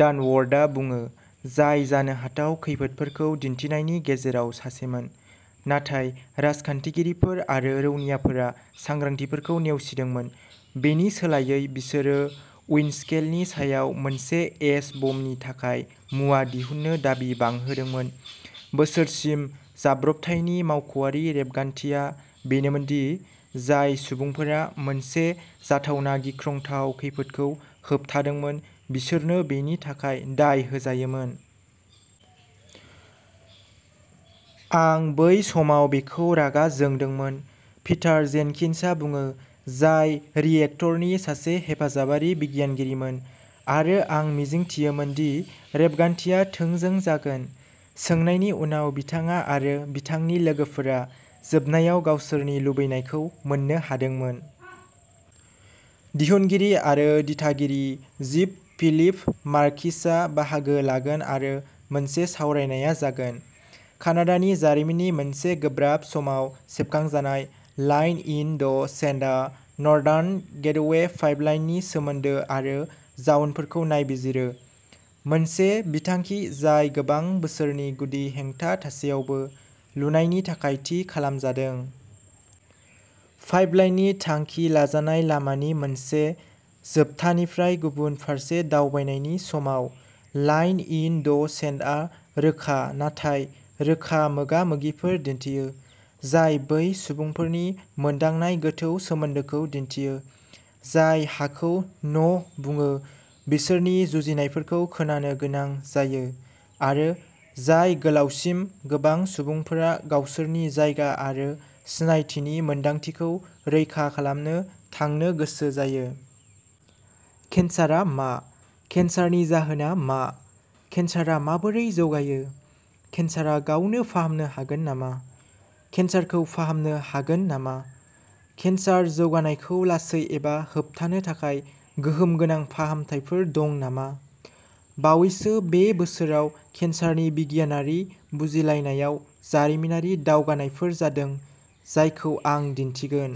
डानवर्थआ बुङो, जाय जानो हाथाव खैफोदफोरखौ दिन्थिनायनि गेजेराव सासेमोन। नाथाय राजखान्थिगिरिफोर आरो रौनियाफोरा सांग्रांथिफोरखौ नेवसिदोंमोन; बेनि सोलायै बिसोरो उइन्डस्केलनि सायाव मोनसे एच-बमनि थाखाय मुवा दिहुननो दाबि बांहोदोंमोन। बोसोरसिम, जाब्रबथायनि मावख'आरि रेबगान्थिया बेनोमोन दि जाय सुबुंफोरा मोनसे जाथावना गिख्रंथाव खैफोदखौ होबथादोंमोन बिसोरनो बेनि थाखाय दाय होजायोमोन। "आं बै समाव बेखौ रागा जोंदोंमोन", पिटार जेनकिन्सनआ बुङो, जाय रिएक्टरनि सासे हेफाजाबारि बिगियानगिरिमोन, "आरो आं मिजिंथियोमोन दि रेबगान्थिया थोंजों जागोन। " सोंनायनि उनाव, बिथाङा आरो बिथांनि लोगोफोरा जोबनायाव गावसोरनि लुबैनायखौ मोन्नो हादोंमोन। दिहुनगिरि आरो दिथागिरि जीन-फिलिप मार्किसआ बाहागो लागोन आरो मोनसे सावरायनाया जागोन। कानाडानि जारिमिननि मोनसे गोब्राब समाव सेबखांजानाय, line in the सेन्डआ northern gateway पाइपलाइननि सोमोन्दो आरो जाउनफोरखौ नायबिजिरो-मोनसे बिथांखि जाय गोबां बोसोरनि गुदि हेंथा थासेयावबो लुनायनि थाखाय थि खालामजादों। पाइपलाइननि थांखि लाजानाय लामानि मोनसे जोबथानिफ्राय गुबुन फारसे दावबायनायनि समाव, लाइन इन द सेन्डआ रोखा नाथाय रोखा मोगा-मोगिफोर दिन्थियो, जाय बै सुबुंफोरनि मोनदांनाय गोथौ सोमोन्दोखौ दिन्थियो, जाय हाखौ न'बुङो, बिसोरनि जुजिनायफोरखौ खोनानो गोनां जायो, आरो जाय गोलावसिम गोबां सुबुंफोरा गावसोरनि जायगा आरो सिनायथिनि मोनदांथिखौ रैखा खालामनो थांनो गोसो जायो। केन्सारआ मा? केन्सारनि जाहोना मा? केन्सारआ माबोरै जौगायो? केन्सारआ गावनो फाहामनो हागोन नामा? केन्सारखौ फाहामनो हागोन नामा? केन्सार जौगानायखौ लासै एबा होबथानो थाखाय गोहोम गोनां फाहामथायफोर दं नामा? बावैसो बे बोसोराव केन्सारनि बिगियानारि बुजिलायनायाव जारिमिनारि दावगानायफोर जादों, जायखौ आं दिन्थिगोन।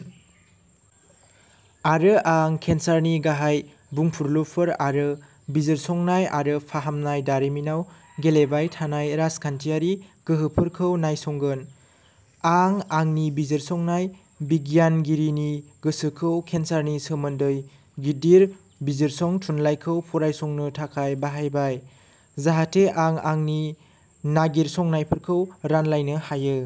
आरो आं केन्सारनि गाहाय बुंफुरलुफोर आरो बिजिरसंनाय आरो फाहामनाय दारिमिनाव गेलेबाय थानाय राजखान्थियारि गोहोफोरखौ नायसंगोन। आं आंनि बिजिरसंनाय बिगियानगिरिनि गोसोखौ केन्सारनि सोमोन्दै गिदिर बिजिरसं थुनलाइखौ फरायसंनो थाखाय बाहायबाय, जाहाथे आं आंनि नागिरसंनायफोरखौ रानलायनो हायो।